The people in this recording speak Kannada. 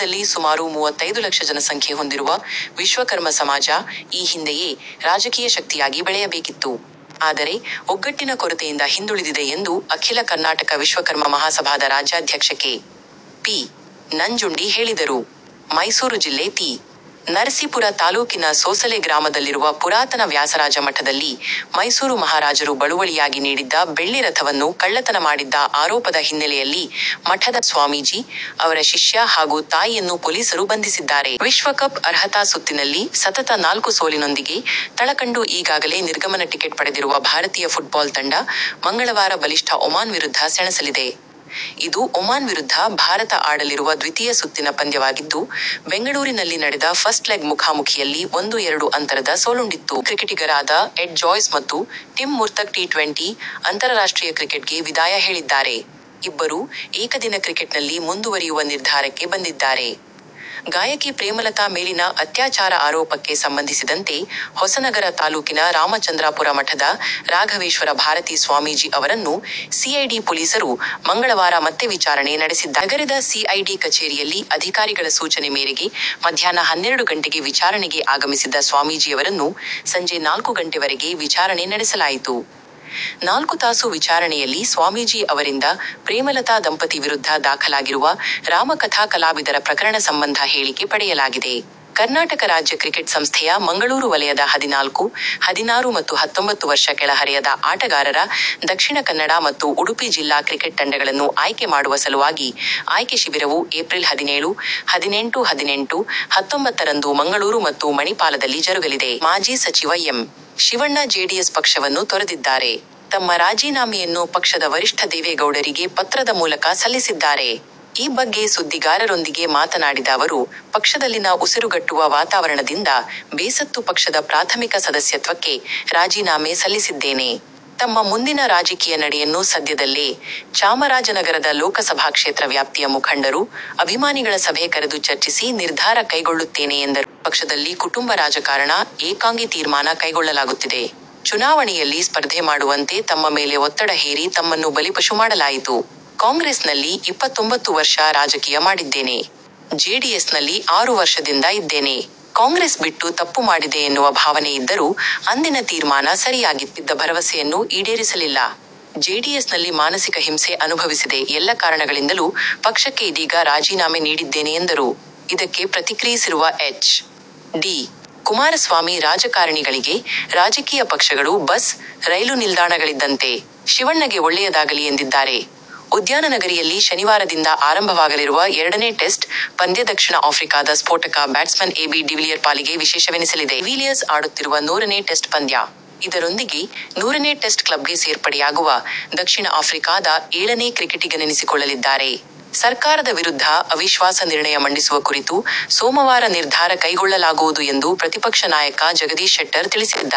ರಾಜ್ಯದಲ್ಲಿ ಸುಮಾರು ಮೂವತ್ತೈದು ಲಕ್ಷ ಜನಸಂಖ್ಯೆ ಹೊಂದಿರುವ ವಿಶ್ವಕರ್ಮ ಸಮಾಜ ಈ ಹಿಂದೆಯೇ ರಾಜಕೀಯ ಶಕ್ತಿಯಾಗಿ ಬೆಳೆಯಬೇಕಿತ್ತು. ಆದರೆ, ಒಗ್ಗಟ್ಟಿನ ಕೊರತೆಯಿಂದ ಹಿಂದುಳಿದಿದೆ ಎಂದು ಅಖಿಲ ಕರ್ನಾಟಕ ವಿಶ್ವಕರ್ಮ ಮಹಾಸಭಾದ ರಾಜ್ಯಾಧ್ಯಕ್ಷ ಕೆ. ಪಿ. ನಂಜುಂಡಿ ಹೇಳಿದರು. ಮೈಸೂರು ಜಿಲ್ಲೆ ತಿ. ನರಸೀಪುರ ತಾಲೂಕಿನ ಸೋಸಲೆ ಗ್ರಾಮದಲ್ಲಿರುವ ಪುರಾತನ ವ್ಯಾಸರಾಜ ಮಠದಲ್ಲಿ ಮೈಸೂರು ಮಹಾರಾಜರು ಬಳುವಳಿಯಾಗಿ ನೀಡಿದ್ದ ಬೆಳ್ಳಿರಥವನ್ನು ಕಳ್ಳತನ ಮಾಡಿದ್ದ ಆರೋಪದ ಹಿನ್ನೆಲೆಯಲ್ಲಿ ಮಠದ ಸ್ವಾಮೀಜಿ, ಅವರ ಶಿಷ್ಯ ಹಾಗೂ ತಾಯಿಯನ್ನು ಪೊಲೀಸರು ಬಂಧಿಸಿದ್ದಾರೆ. ವಿಶ್ವಕಪ್ ಅರ್ಹತಾ ಸುತ್ತಿನಲ್ಲಿ ಸತತ ನಾಲ್ಕು ಸೋಲಿನೊಂದಿಗೆ ತಳ ಕಂಡು ಈಗಾಗಲೇ ನಿರ್ಗಮನ ಟಿಕೆಟ್ ಪಡೆದಿರುವ ಭಾರತೀಯ ಫುಟ್ಬಾಲ್ ತಂಡ ಮಂಗಳವಾರ ಬಲಿಷ್ಠ ಒಮಾನ್ ವಿರುದ್ಧ ಸೆಣಸಲಿದೆ. ಇದು ಒಮಾನ್ ವಿರುದ್ಧ ಭಾರತ ಆಡಲಿರುವ ದ್ವಿತೀಯ ಸುತ್ತಿನ ಪಂದ್ಯವಾಗಿದ್ದು, ಬೆಂಗಳೂರಿನಲ್ಲಿ ನಡೆದ "ಫಸ್ಟ್ ಲೆಗ್' ಮುಖಾಮುಖಿಯಲ್ಲಿ ಒಂದು-ಎರಡು ಅಂತರದ ಸೋಲುಂಡಿತ್ತು. ಅಯರ್ಲ್ಯಾಂಡ್ ಕ್ರಿಕೆಟಿಗರಾದ ಎಡ್ ಜಾಯ್ಸ ಮತ್ತು ಟಿಮ್ ಮುರ್ತುಗ್ ಟಿ-ಟ್ವೆಂಟಿ ಅಂತಾರಾಷ್ಟ್ರೀಯ ಕ್ರಿಕೆಟಿಗೆ ವಿದಾಯ ಹೇಳಿದ್ದಾರೆ. ಇಬ್ಬರೂ ಏಕದಿನ ಕ್ರಿಕೆಟ್ನಲ್ಲಿ ಮುಂದುವರಿಯುವ ನಿರ್ಧಾರಕ್ಕೆ ಬಂದಿದ್ದಾರೆ. ಗಾಯಕಿ ಪ್ರೇಮಲತಾ ಮೇಲಿನ ಅತ್ಯಾಚಾರ ಆರೋಪಕ್ಕೆ ಸಂಬಂಧಿಸಿದಂತೆ ಹೊಸನಗರ ತಾಲೂಕಿನ ರಾಮಚಂದ್ರಾಪುರ ಮಠದ ರಾಘವೇಶ್ವರ ಭಾರತಿ ಸ್ವಾಮೀಜಿ ಅವರನ್ನು ಸಿಐಡಿ ಪೊಲೀಸರು ಮಂಗಳವಾರ ಮತ್ತೆ ವಿಚಾರಣೆ ನಡೆಸಿದ್ದಾರೆ. ನಗರದ ಸಿಐಡಿ ಕಚೇರಿಯಲ್ಲಿ ಅಧಿಕಾರಿಗಳ ಸೂಚನೆ ಮೇರೆಗೆ ಮಧ್ಯಾಹ್ನ ಹನ್ನೆರಡು ಗಂಟೆಗೆ ವಿಚಾರಣೆಗೆ ಆಗಮಿಸಿದ್ದ ಸ್ವಾಮೀಜಿಯವರನ್ನು ಸಂಜೆ ನಾಲ್ಕು ಗಂಟೆವರೆಗೆ ವಿಚಾರಣೆ ನಡೆಸಲಾಯಿತು. ನಾಲ್ಕು ತಾಸು ವಿಚಾರಣೆಯಲ್ಲಿ ಸ್ವಾಮೀಜಿ ಅವರಿಂದ ಪ್ರೇಮಲತಾ ದಂಪತಿ ವಿರುದ್ಧ ದಾಖಲಾಗಿರುವ ರಾಮಕಥಾ ಕಲಾವಿದರ ಪ್ರಕರಣ ಸಂಬಂಧ ಹೇಳಿಕೆ ಪಡೆಯಲಾಗಿದೆ. ಕರ್ನಾಟಕ ರಾಜ್ಯ ಕ್ರಿಕೆಟ್ ಸಂಸ್ಥೆಯ ಮಂಗಳೂರು ವಲಯದ ಹದಿನಾಲ್ಕು, ಹದಿನಾರು ಮತ್ತು ಹತ್ತೂಂಭತ್ತು ವರ್ಷ ಕೆಳಹರೆಯದ ಆಟಗಾರರ ದಕ್ಷಿಣಕನ್ನಡ ಮತ್ತು ಉಡುಪಿ ಜಿಲ್ಲಾ ಕ್ರಿಕೆಟ್ ತಂಡಗಳನ್ನು ಆಯ್ಕೆ ಮಾಡುವ ಸಲುವಾಗಿ ಆಯ್ಕೆ ಶಿಬಿರವು ಏಪ್ರಿಲ್ ಹದಿನೇಳು, ಹದಿನೆಂಟು, ಹತ್ತೊಂಬತ್ತ ರಂದು ಮಂಗಳೂರು ಮತ್ತು ಮಣಿಪಾಲದಲ್ಲಿ ಜರುಗಲಿದೆ. ಮಾಜಿ ಸಚಿವ ಎಂ. ಶಿವಣ್ಣ ಜೆಡಿಎಸ್ ಪಕ್ಷವನ್ನು ತೊರೆದಿದ್ದಾರೆ. ತಮ್ಮ ರಾಜೀನಾಮೆಯನ್ನು ಪಕ್ಷದ ವರಿಷ್ಠ ದೇವೇಗೌಡರಿಗೆ ಪತ್ರದ ಮೂಲಕ ಸಲ್ಲಿಸಿದ್ದಾರೆ. ಈ ಬಗ್ಗೆ ಸುದ್ದಿಗಾರರೊಂದಿಗೆ ಮಾತನಾಡಿದ ಅವರು, ಪಕ್ಷದಲ್ಲಿನ ಉಸಿರುಗಟ್ಟುವ ವಾತಾವರಣದಿಂದ ಬೇಸತ್ತು ಪಕ್ಷದ ಪ್ರಾಥಮಿಕ ಸದಸ್ಯತ್ವಕ್ಕೆ ರಾಜೀನಾಮೆ ಸಲ್ಲಿಸಿದ್ದೇನೆ. ತಮ್ಮ ಮುಂದಿನ ರಾಜಕೀಯ ನಡೆಯನ್ನು ಸದ್ಯದಲ್ಲಿ ಚಾಮರಾಜನಗರದ ಲೋಕಸಭಾ ಕ್ಷೇತ್ರ ವ್ಯಾಪ್ತಿಯ ಮುಖಂಡರು, ಅಭಿಮಾನಿಗಳ ಸಭೆ ಕರೆದು ಚರ್ಚಿಸಿ ನಿರ್ಧಾರ ಕೈಗೊಳ್ಳುತ್ತೇನೆ ಎಂದರು. ಜೆಡಿಎಸ್ ಪಕ್ಷದಲ್ಲಿ ಕುಟುಂಬ ರಾಜಕಾರಣ, ಏಕಾಂಗಿ ತೀರ್ಮಾನ ಕೈಗೊಳ್ಳಲಾಗುತ್ತಿದೆ. ಚುನಾವಣೆಯಲ್ಲಿ ಸ್ಪರ್ಧೆ ಮಾಡುವಂತೆ ತಮ್ಮ ಮೇಲೆ ಒತ್ತಡ ಹೇರಿ ತಮ್ಮನ್ನು ಬಲಿಪಶು ಮಾಡಲಾಯಿತು. ಕಾಂಗ್ರೆಸ್ನಲ್ಲಿ ಇಪ್ಪತ್ತೊಂಬತ್ತು ವರ್ಷ ರಾಜಕೀಯ ಮಾಡಿದ್ದೇನೆ. ಜೆಡಿಎಸ್ನಲ್ಲಿ ಆರು ವರ್ಷದಿಂದ ಇದ್ದೇನೆ. ಕಾಂಗ್ರೆಸ್ ಬಿಟ್ಟು ತಪ್ಪು ಮಾಡಿದೆ ಎನ್ನುವ ಭಾವನೆ ಇದ್ದರೂ ಅಂದಿನ ತೀರ್ಮಾನ ಸರಿಯಾಗಿತ್ತು. ಆದರೆ ಜೆಡಿಎಸ್ ತಮಗೆ ಕೊಟ್ಟಿದ್ದ ಭರವಸೆಯನ್ನು ಈಡೇರಿಸಲಿಲ್ಲ. ಜೆಡಿಎಸ್ನಲ್ಲಿ ಮಾನಸಿಕ ಹಿಂಸೆ ಅನುಭವಿಸಿದೆ ಎಲ್ಲ ಕಾರಣಗಳಿಂದಲೂ ಪಕ್ಷಕ್ಕೆ ಇದೀಗ ರಾಜೀನಾಮೆ ನೀಡಿದ್ದೇನೆ ಎಂದರು. ಇದಕ್ಕೆ ಪ್ರತಿಕ್ರಿಯಿಸಿರುವ ಎಚ್. ಡಿ. ಕುಮಾರಸ್ಮಾಮಿ, ರಾಜಕಾರಣಿಗಳಿಗೆ ರಾಜಕೀಯ ಪಕ್ಷಗಳು ಬಸ್, ರೈಲು ನಿಲ್ದಾಣಗಳಿದ್ದಂತೆ. ಶಿವಣ್ಣಗೆ ಒಳ್ಳೆಯದಾಗಲಿ ಎಂದಿದ್ದಾರೆ. ಉದ್ಯಾನನಗರಿಯಲ್ಲಿ ಶನಿವಾರದಿಂದ ಆರಂಭವಾಗಲಿರುವ ಎರಡನೇ ಟೆಸ್ಟ್ ಪಂದ್ಯ ದಕ್ಷಿಣ ಆಫ್ರಿಕಾದ ಸ್ಫೋಟಕ ಬ್ಯಾಟ್ಸ್ಮನ್ ಎಬಿ ಡಿವಿಲಿಯರ್ ಪಾಲಿಗೆ ವಿಶೇಷವೆನಿಸಲಿದೆ. ಕಾರಣ, ಇದು ಡಿವಿಲಿಯರ್ ಆಡುತ್ತಿರುವ ನೂರನೇ ಟೆಸ್ಟ್ ಪಂದ್ಯ. ಇದರೊಂದಿಗೆ ನೂರನೇ ಟೆಸ್ಟ್ ಕ್ಲಬ್ಗೆ ಸೇರ್ಪಡೆಯಾಗುವ ದಕ್ಷಿಣ ಆಫ್ರಿಕಾದ ಏಳನೇ ಕ್ರಿಕೆಟಿಗನೆನಿಸಿಕೊಳ್ಳಲಿದ್ದಾರೆ. ಸರ್ಕಾರದ ವಿರುದ್ಧ ಅವಿಶ್ವಾಸ ನಿರ್ಣಯ ಮಂಡಿಸುವ ಕುರಿತು ಸೋಮವಾರ ನಿರ್ಧಾರ ಕೈಗೊಳ್ಳಲಾಗುವುದು ಎಂದು ಪ್ರತಿಪಕ್ಷ ನಾಯಕ ಜಗದೀಶ್ ಶೆಟ್ಟರ್ ತಿಳಿಸಿದ್ದಾರೆ.